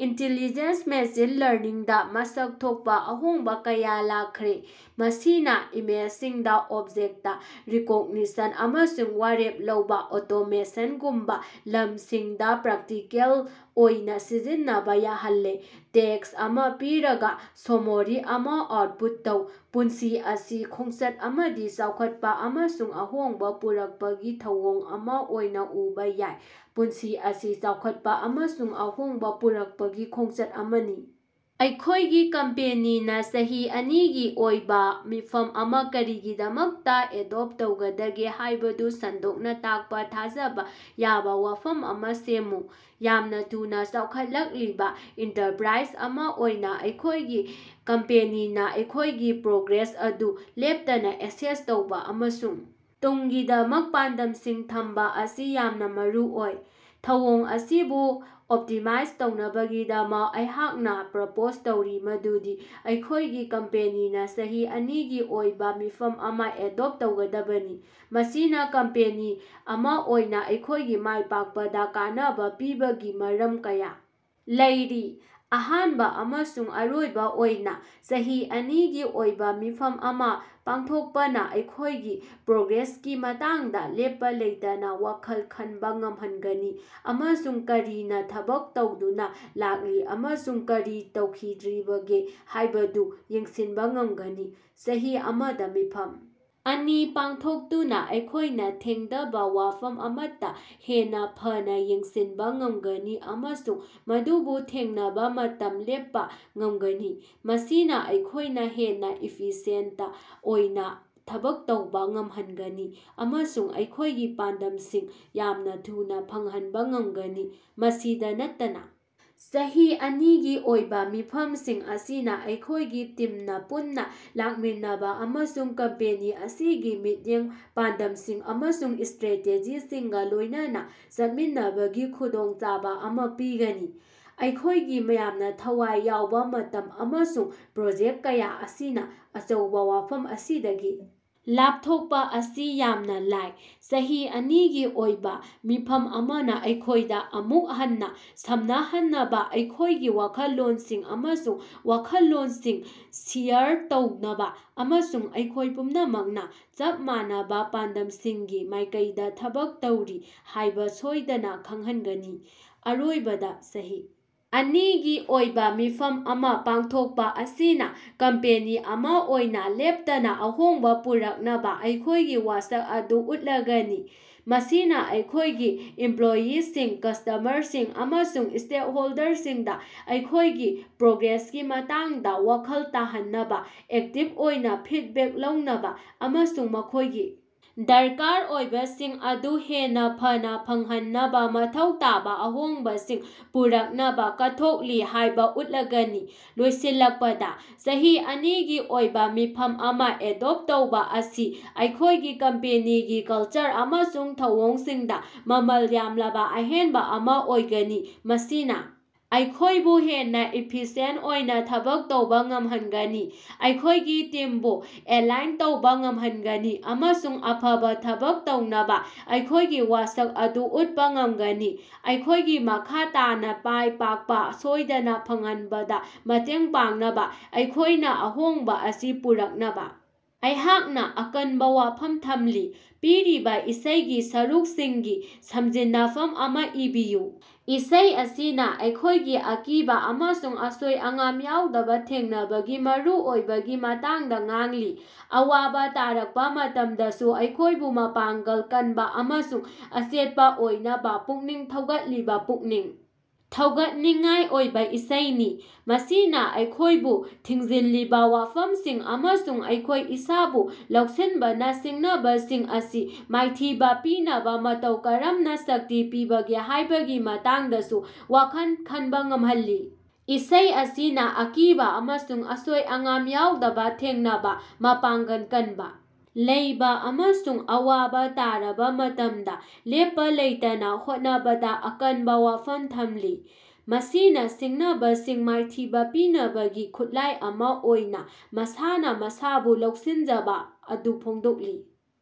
Intelligence machine ꯂꯔꯅꯤꯡꯗ ꯃꯁꯛ ꯊꯣꯛꯄ ꯑꯍꯣꯡꯕ ꯀꯌꯥ ꯂꯥꯛꯈ꯭ꯔꯦ, ꯃꯁꯤꯅ ꯏꯃꯦꯖꯁꯤꯡꯗ ꯑꯣꯕꯖꯦꯛꯇꯥ ꯔꯤꯀꯣꯒꯅꯤꯁꯟ ꯑꯃꯁꯨꯡ ꯋꯥꯔꯦꯞ ꯂꯧꯕ ꯑꯣꯇꯣꯃꯦꯁꯟꯒꯨꯝꯕ ꯂꯝꯁꯤꯡꯗꯥ ꯄ꯭ꯔꯥꯛꯇꯤꯀꯦꯜ ꯑꯣꯏꯅ ꯁꯤꯖꯤꯟꯅꯕ ꯌꯥꯍꯜꯂꯦ꯫ ꯇꯦꯛꯁ ꯑꯃ ꯄꯤꯔꯒ, ꯁꯣꯃꯥꯔꯤ ꯑꯃ ꯑꯥꯎꯠꯄꯨꯠ ꯇꯧ꯫ ꯄꯨꯟꯁꯤ ꯑꯁꯤ ꯈꯣꯡꯆꯠ ꯑꯃꯗꯤ ꯆꯥꯎꯈꯠꯄ ꯑꯃꯁꯨꯡ ꯑꯍꯣꯡꯕ ꯄꯨꯔꯛꯄꯒꯤ ꯊꯧꯑꯣꯡ ꯑꯃ ꯑꯣꯏꯅ ꯎꯕ ꯌꯥꯏ꯫ ꯄꯨꯟꯁꯤ ꯑꯁꯤ ꯆꯥꯎꯈꯠꯄ ꯑꯃꯁꯨꯡ ꯑꯍꯣꯡꯕ ꯄꯨꯔꯛꯄꯒꯤ ꯈꯣꯡꯆꯠ ꯑꯃꯅꯤ꯫। ꯑꯩꯈꯣꯏꯒꯤ ꯀꯝꯄꯦꯅꯤꯅ ꯆꯍꯤ ꯑꯅꯤꯒꯤ ꯑꯣꯏꯕ ꯃꯤꯐꯝ ꯑꯃ ꯀꯔꯤꯒꯤꯗꯃꯛꯇꯥ ꯑꯦꯗꯣꯞ ꯇꯧꯒꯗꯒꯦ ꯍꯥꯏꯕꯗꯨ ꯁꯟꯗꯣꯛꯅ ꯇꯥꯛꯄ ꯊꯥꯖꯕꯥꯥ ꯌꯥꯕ ꯋꯐꯝ ꯑꯃ ꯁꯦꯝꯃꯨ꯫ ꯌꯥꯝꯅ ꯊꯨꯅ ꯆꯥꯎꯈꯠꯂꯛꯂꯤꯕ ꯏꯟꯇꯔꯄ꯭ꯔꯥꯏꯖ ꯑꯃ ꯑꯣꯏꯅ ꯑꯩꯈꯣꯏꯒꯤ ꯀꯝꯄꯦꯅꯤꯅ ꯑꯩꯈꯣꯏꯒꯤ ꯄ꯭ꯔꯣꯒ꯭ꯔꯦꯁ ꯑꯗꯨ ꯂꯦꯞꯇꯥꯅ ꯑꯦꯁꯦꯁ ꯇꯧꯕ ꯑꯃꯁꯨꯡ ꯇꯨꯡꯒꯤꯗꯃꯛ ꯄꯥꯟꯗꯝꯁꯤꯡ ꯊꯝꯕ ꯑꯁꯤ ꯌꯥꯝꯅ ꯃꯔꯨꯑꯣꯏ꯫ ꯊꯧꯑꯣꯡ ꯑꯁꯤꯕꯨ ꯑꯣꯞꯇꯤꯃꯥꯏꯖ ꯇꯧꯅꯕꯒꯤꯗꯃꯛ ꯑꯩꯍꯥꯛꯅ ꯄ꯭ꯔꯄꯣꯖ ꯇꯧꯔꯤ ꯃꯗꯨꯗꯤ ꯑꯩꯈꯣꯏꯒꯤ ꯀꯝꯄꯦꯅꯤꯅ ꯆꯍꯤ ꯑꯅꯤꯒꯤ ꯑꯣꯏꯕ ꯃꯤꯐꯝ ꯑꯃ ꯑꯦꯗꯣꯞ ꯇꯧꯒꯗꯕꯅꯤ꯫ ꯃꯁꯤꯅ ꯀꯝꯄꯦꯅꯤ ꯑꯃ ꯑꯣꯏꯅ ꯑꯩꯈꯣꯏꯒꯤ ꯃꯥꯏꯄꯥꯛꯄꯗꯥ ꯀꯥꯟꯅꯕ ꯄꯤꯕꯒꯤ ꯃꯔꯝ ꯀꯌꯥ ꯂꯩꯔꯤ꯫ ꯑꯍꯥꯟꯕ ꯑꯃꯁꯨꯡ ꯑꯔꯣꯏꯕ ꯑꯣꯏꯅ, ꯆꯍꯤ ꯑꯅꯤꯒꯤ ꯑꯣꯏꯕ ꯃꯤꯐꯝ ꯑꯃ ꯄꯥꯡꯊꯣꯛꯄꯅꯥ ꯑꯩꯈꯣꯏꯒꯤ ꯄ꯭ꯔꯣꯒ꯭ꯔꯦꯁꯀꯤ ꯃꯇꯥꯡꯗ ꯂꯦꯞꯄ ꯂꯩꯇꯅ ꯋꯈꯜ ꯈꯟꯕ ꯉꯝꯍꯟꯒꯅꯤ ꯑꯃꯁꯨꯡ ꯀꯔꯤꯅꯥ ꯊꯕꯛ ꯇꯧꯗꯨꯅ ꯂꯥꯛꯂꯤ ꯑꯃꯁꯨꯡ ꯀꯔꯤ ꯇꯧꯈꯤꯗ꯭ꯔꯤꯕꯒꯦ ꯍꯥꯏꯕꯗꯨ ꯌꯦꯡꯁꯤꯟꯕ ꯉꯝꯒꯅꯤ꯫ ꯆꯍꯤ ꯑꯃꯗ ꯃꯤꯐꯝ ꯑꯅꯤ ꯄꯥꯡꯊꯣꯛꯇꯨꯅ ꯑꯩꯈꯣꯏꯅ ꯊꯦꯡꯉꯗꯕ ꯋꯐꯝ ꯑꯃꯠꯇꯥ ꯍꯦꯟꯅ ꯐꯅꯥ ꯌꯦꯡꯁꯤꯟꯕ ꯉꯝꯒꯅꯤ ꯑꯃꯁꯨꯡ ꯃꯗꯨꯕꯨ ꯊꯦꯡꯅꯕ ꯃꯇꯝ ꯂꯦꯞꯄꯥ ꯉꯝꯒꯅꯤ꯫ ꯃꯁꯤꯅ ꯑꯩꯈꯣꯏꯅ ꯍꯦꯟꯅ ꯏꯐꯤꯁꯤꯌꯦꯟꯇ ꯑꯣꯏꯅ ꯊꯕꯛ ꯇꯧꯕ ꯉꯝꯍꯟꯒꯅꯤ ꯑꯃꯁꯨꯡ ꯑꯩꯈꯣꯏꯒꯤ ꯄꯥꯟꯗꯝꯁꯤꯡ ꯌꯥꯝꯅ ꯊꯨꯅ ꯐꯪꯍꯟꯕ ꯉꯝꯒꯅꯤ꯫ ꯃꯁꯤꯗ ꯅꯠꯇꯅꯥ ꯆꯍꯤ ꯑꯅꯤꯒꯤ ꯑꯣꯏꯕ ꯃꯤꯐꯝꯁꯤꯡ ꯑꯁꯤꯅ ꯑꯩꯈꯣꯏꯒꯤ ꯇꯤꯝꯅ ꯄꯨꯟꯅ ꯂꯥꯛꯃꯤꯟꯅꯕ ꯑꯃꯁꯨꯡ ꯀꯝꯄꯦꯅꯤ ꯑꯁꯤꯒꯤ ꯃꯤꯠꯌꯦꯡ, ꯄꯥꯟꯗꯝꯁꯤꯡ ꯑꯃꯁꯨꯡ ꯏꯁꯇ꯭ꯔꯦꯇꯦꯖꯤꯁꯤꯡꯒꯥ ꯂꯣꯏꯅꯥꯅ ꯆꯠꯃꯤꯟꯅꯕꯒꯤ ꯈꯨꯗꯣꯡꯆꯥꯕ ꯑꯃ ꯄꯤꯒꯅꯤ꯫ ꯑꯩꯈꯣꯏꯒꯤ ꯌꯥꯝꯅ ꯊꯋꯥꯏ ꯌꯥꯎꯕ ꯃꯇꯝ ꯑꯃꯁꯨꯡ ꯄ꯭ꯔꯣꯖꯦꯛ ꯀꯌꯥ ꯑꯁꯤꯅ ꯑꯆꯧꯕ ꯋꯥꯐꯝ ꯑꯁꯤꯗꯒꯤ ꯂꯥꯄꯊꯣꯛꯄ ꯑꯁꯤ ꯌꯥꯝꯅ ꯂꯥꯏ꯫ ꯆꯍꯤ ꯑꯅꯤꯒꯤ ꯑꯣꯏꯕ ꯃꯤꯐꯝ ꯑꯃꯅ ꯑꯩꯈꯣꯏꯗ ꯑꯃꯨꯛ ꯍꯟꯅꯥ ꯁꯝꯅꯍꯟꯅꯕ, ꯑꯩꯈꯣꯏꯒꯤ ꯋꯥꯈꯜꯂꯣꯟꯁꯤꯡ ꯑꯃꯁꯨꯡ ꯋꯥꯈꯜꯂꯣꯟꯁꯤꯡ ꯁꯤꯌꯔ ꯇꯧꯅꯕ, ꯑꯃꯁꯨꯡ ꯑꯩꯈꯣꯏ ꯄꯨꯝꯅꯃꯛꯅ ꯆꯞ ꯃꯥꯟꯅꯕ ꯄꯥꯟꯗꯝꯁꯤꯡꯒꯤ ꯃꯥꯏꯀꯩꯗ ꯊꯕꯛ ꯇꯧꯔꯤ ꯍꯥꯏꯕ ꯁꯣꯏꯗꯅ ꯈꯪꯍꯟꯒꯅꯤ꯫ ꯑꯔꯣꯏꯕꯗ, ꯆꯍꯤ ꯑꯅꯤꯒꯤ ꯑꯣꯏꯕ ꯃꯤꯐꯝ ꯑꯃ ꯄꯥꯡꯊꯣꯛꯄꯥ ꯑꯁꯤꯅ ꯀꯝꯄꯦꯅꯤ ꯑꯃ ꯑꯣꯏꯅ ꯂꯦꯞꯇꯅꯥ ꯑꯍꯣꯡꯕ ꯄꯨꯔꯛꯅꯕ ꯑꯩꯈꯣꯏꯒꯤ ꯋꯥꯁꯛ ꯑꯗꯨ ꯎꯠꯂꯒꯅꯤ꯫ ꯃꯁꯤꯅ ꯑꯩꯈꯣꯏꯒꯤ ꯏꯃꯞꯂꯣꯌꯤꯁꯤꯡ, ꯀꯁꯇꯥꯃꯔꯁꯤꯡ, ꯑꯃꯁꯨꯡ ꯁ꯭ꯇꯦꯛꯍꯣꯜꯗꯔꯁꯤꯡꯗ ꯑꯩꯈꯣꯏꯒꯤ ꯄ꯭ꯔꯣꯒ꯭ꯔꯦꯁꯀꯤ ꯃꯇꯥꯡꯗ ꯋꯥꯈꯜ ꯇꯥꯍꯟꯅꯕ, ꯑꯦꯛꯇꯤꯚ ꯑꯣꯏꯅ ꯐꯤꯗꯕꯦꯛ ꯂꯧꯅꯕ, ꯑꯃꯁꯨꯡ ꯃꯈꯣꯏꯒꯤ ꯗꯔꯀꯥꯔ ꯑꯣꯏꯕꯁꯤꯡ ꯑꯗꯨ ꯍꯦꯟꯅ ꯐꯅꯥ ꯐꯪꯍꯟꯅꯕ ꯃꯊꯧ ꯇꯥꯕ ꯑꯍꯣꯡꯕꯁꯤꯡ ꯄꯨꯔꯛꯅꯕꯥ ꯀꯠꯊꯣꯛꯂꯤ ꯍꯥꯏꯕ ꯎꯠꯂꯒꯅꯤ꯫ ꯂꯣꯏꯁꯤꯜꯂꯛꯄꯗ, ꯆꯍꯤ ꯑꯅꯤꯒꯤ ꯑꯣꯏꯕ ꯃꯤꯐꯝ ꯑꯃ ꯑꯦꯗꯣꯞ ꯇꯧꯕ ꯑꯁꯤ ꯑꯩꯈꯣꯏꯒꯤ ꯀꯝꯄꯦꯅꯤꯒꯤ ꯀꯜꯆꯔ ꯑꯃꯁꯨꯡ ꯊꯧꯑꯣꯡꯁꯤꯡꯗ ꯃꯃꯜ ꯌꯥꯝꯂꯕ ꯑꯍꯦꯟꯕ ꯑꯃ ꯑꯣꯏꯒꯅꯤ꯫ ꯃꯁꯤꯅ ꯑꯩꯈꯣꯏꯕꯨ ꯍꯦꯟꯅ ꯏꯐꯤꯁꯤꯌꯦꯟꯇ ꯑꯣꯏꯅ ꯊꯕꯛ ꯇꯧꯕ ꯉꯝꯍꯟꯒꯅꯤ, ꯑꯩꯈꯣꯏꯒꯤ ꯇꯤꯝꯕꯨ ꯑꯦꯂꯥꯏꯟ ꯇꯧꯕ ꯉꯝꯍꯟꯒꯅꯤ ꯑꯃꯁꯨꯡ ꯑꯐꯕ ꯊꯕꯛ ꯇꯧꯅꯕ ꯑꯩꯈꯣꯏꯒꯤ ꯋꯥꯁꯛ ꯑꯗꯨ ꯎꯠꯄꯥ ꯉꯝꯒꯅꯤ꯫ ꯑꯩꯈꯣꯏꯒꯤ ꯃꯈꯥ ꯇꯥꯅ ꯃꯥꯏꯄꯥꯛꯄ ꯁꯣꯏꯗꯅ ꯐꯪꯍꯟꯕꯗ ꯃꯇꯦꯡ ꯄꯥꯡꯅꯕ ꯑꯩꯈꯣꯏꯅ ꯑꯍꯣꯡꯕ ꯑꯁꯤ ꯄꯨꯔꯛꯅꯕ ꯑꯩꯍꯥꯛꯅ ꯑꯀꯟꯕ ꯋꯥꯐꯝ ꯊꯝꯂꯤ꯫ ꯄꯤꯔꯤꯕ ꯏꯁꯩꯒꯤ ꯁꯔꯨꯛꯁꯤꯡꯒꯤ ꯁꯝꯖꯤꯟꯅꯐꯝ ꯑꯃ ꯏꯕꯤꯌꯨ꯫ ꯏꯁꯩ ꯑꯁꯤꯅ ꯑꯩꯈꯣꯏꯒꯤ ꯑꯀꯤꯕ ꯑꯃꯁꯨꯡ ꯑꯁꯣꯏ-ꯑꯉꯥꯝ ꯌꯥꯎꯗꯕꯥ ꯊꯦꯡꯅꯕꯒꯤ ꯃꯔꯨꯑꯣꯏꯕꯒꯤ ꯃꯇꯥꯡꯗ ꯉꯥꯡꯂꯤ꯫ ꯑꯋꯥꯕ ꯇꯥꯔꯛꯄ ꯃꯇꯝꯗꯁꯨ ꯑꯩꯈꯣꯏꯕꯨ ꯃꯄꯥꯡꯒꯜ ꯀꯟꯕ ꯑꯃꯁꯨꯡ ꯑꯆꯦꯠꯄꯥ ꯑꯣꯏꯅꯕ ꯄꯨꯛꯅꯤꯡ ꯊꯧꯒꯠꯂꯤꯕ ꯄꯨꯛꯅꯤꯡ ꯊꯧꯒꯠꯅꯤꯡꯉꯥꯏ ꯑꯣꯏꯕ ꯏꯁꯩꯅꯤ꯫ ꯃꯁꯤꯅꯥ ꯑꯩꯈꯣꯌꯕꯨ ꯊꯤꯡꯖꯤꯜꯂꯤꯕꯥ ꯋꯥꯐꯃꯁꯤꯡ ꯑꯃꯁꯨꯡ ꯑꯩꯈꯣꯏ ꯏꯁꯥꯕꯨ ꯂꯧꯁꯤꯟꯕꯅ ꯁꯤꯡꯅꯕꯁꯤꯡ ꯑꯁꯤ ꯃꯥꯏꯊꯤꯕ ꯄꯤꯅꯕ ꯃꯇꯧ ꯀꯔꯝꯅ ꯁꯛꯇꯤ ꯄꯤꯕꯒꯦ ꯍꯥꯏꯕꯒꯤ ꯃꯇꯥꯡꯗꯁꯨ ꯋꯥꯈꯜ ꯈꯟꯕ ꯉꯝꯍꯜꯂꯤ꯫ ꯏꯁꯩ ꯑꯁꯤꯅ ꯑꯀꯤꯕ ꯑꯃꯁꯨꯡ ꯑꯁꯣꯏ-ꯑꯉꯥꯝ ꯌꯥꯎꯗꯕ ꯊꯦꯡꯅꯕ, ꯃꯄꯥꯡꯒꯜ ꯀꯟꯅ ꯂꯩꯕ ꯑꯃꯁꯨꯡ ꯑꯋꯥꯕ ꯇꯥꯔꯕ ꯃꯇꯝꯗ ꯂꯦꯞꯄ ꯂꯩꯇꯅ ꯍꯣꯠꯅꯕꯗ ꯑꯀꯟꯕ ꯋꯥꯐꯝ ꯊꯝꯂꯤ꯫ ꯃꯁꯤꯅ ꯁꯤꯡꯅꯕꯁꯤꯡ ꯃꯥꯏꯊꯤꯕ ꯄꯤꯅꯕꯒꯤ ꯈꯨꯠꯂꯥꯏ ꯑꯃ ꯑꯣꯏꯅ ꯃꯁꯥꯅ ꯃꯁꯥꯕꯨ ꯂꯧꯁꯤꯟꯖꯕ ꯑꯗꯨ ꯐꯣꯡꯗꯣꯛꯂꯤ꯫